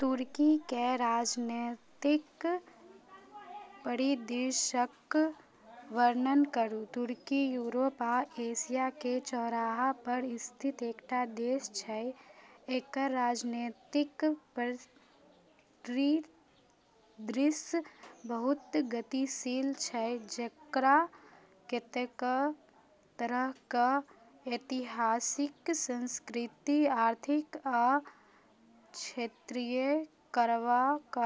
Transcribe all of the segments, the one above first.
तुर्की के राजनीतिक परिदृश्यक वर्णन करू:- तुर्की यूरोप आ एशिया के चौराहा पर स्थित एकटा देश छै, एकर राजनीतिक परिदृश्य बहुत गतिशील छै, जकरा कतेक तरहक ऐतिहासिक, सांस्कृतिक, आर्थिक आ क्षेत्रीय कारक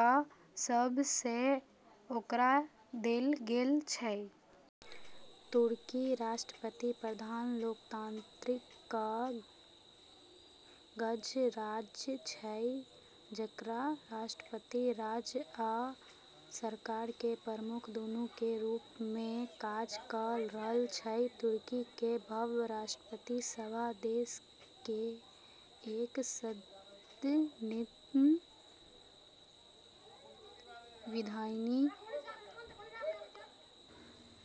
सभसँ आकार देल गेल छै। तुर्की राष्ट्रपति-प्रधान लोकतांत्रिक गणराज्य छै, जकर राष्ट्रपति राज्य आ सरकार के प्रमुख दुनूके रूप मे काज क' रहल छै। तुर्की के भव्य राष्ट्रीय सभा देश के एक सदनीय विधायी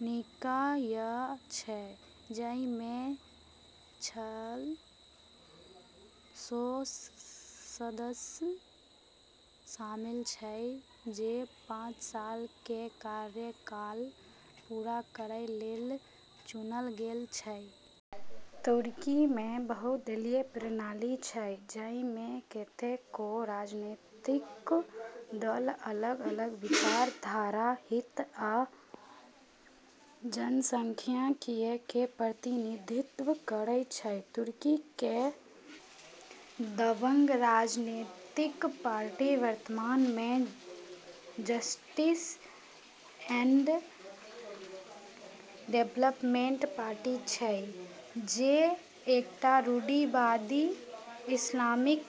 निकाय छै, जाहिमे छह सौ सदस्य शामिल छै जे पाँच साल के कार्यकाल पूरा करै लेल चुनल गेल छै। तुर्की मे बहुदलीय प्रणाली छै, जाहिमे कतेको राजनीतिक दल अलग-अलग विचारधारा, हित आ जनसांख्यिकीय के प्रतिनिधित्व करै छै। तुर्की के दबंग राजनीतिक पार्टी वर्तमान मे जस्टिस एंड डेवलपमेंट पार्टी छै, जे एकटा रूढ़िवादी, इस्लामिक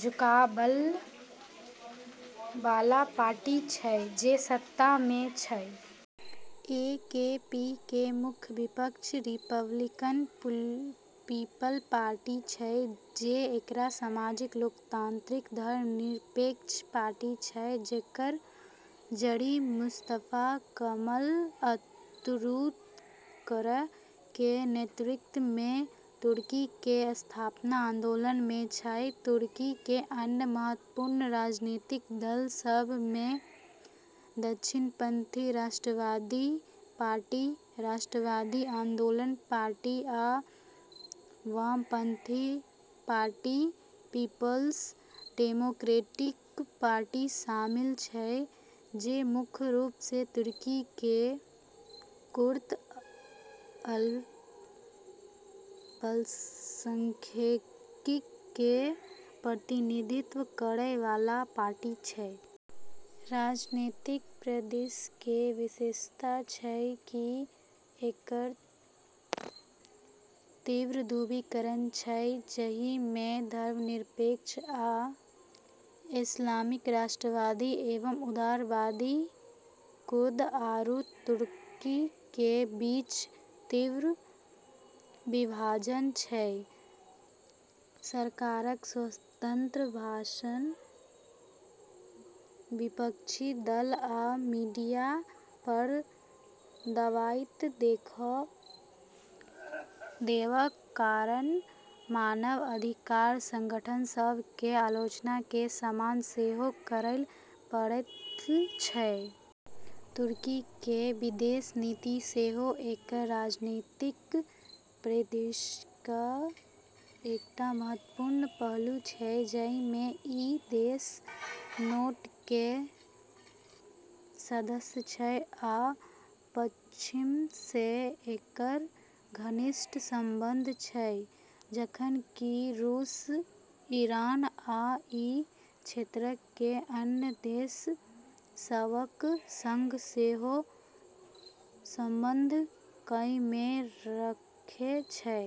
झुकाववला पार्टी छै जे सत्ता मे छै। ए के पी के मुख्य विपक्ष रिपब्लिकन पीपुल्स पार्टी छै, जे एकटा सामाजिक लोकतांत्रिक, धर्मनिरपेक्ष पार्टी छै जकर जड़ि मुस्तफा कमल अतातुर्क के नेतृत्व मे तुर्की के संस्थापक आंदोलन मे छै। तुर्की के अन्य महत्वपूर्ण राजनीतिक दल सभ में दक्षिणपंथी राष्ट्रवादी पार्टी राष्ट्रवादी आंदोलन पार्टी आ वामपंथी पार्टी पीपुल्स डेमोक्रेटिक पार्टी शामिल छै, जे मुख्य रूपसँ तुर्की के कुर्द अल्पसंख्यक के प्रतिनिधित्व करै वाला पार्टी छै। राजनीतिक परिदृश्य के विशेषता छै कि एकर तीव्र ध्रुवीकरण छै, जाहिमे धर्मनिरपेक्ष आ इस्लामिक, राष्ट्रवादी एवं उदारवादी, कुर्द आरू तुर्क के बीच तीव्र विभाजन छै। सरकारक स्वतंत्र भाषण, विपक्षी दल, आ मीडिया पर दबाव देबाक कारण मानव अधिकार संगठन सभ के आलोचना के सामना सेहो करय पड़ल छै। तुर्की के विदेश नीति सेहो एकर राजनीतिक परिदृश्यक एकटा महत्वपूर्ण पहलू छै, जाहिमे ई देश नाटो के सदस्य छै आ पश्चिमसँ एकर घनिष्ठ संबंध छै, जखन कि रूस, ईरान आ ई क्षेत्रके अन्य देश सभक संग सेहो संबंध कायम रखै छै।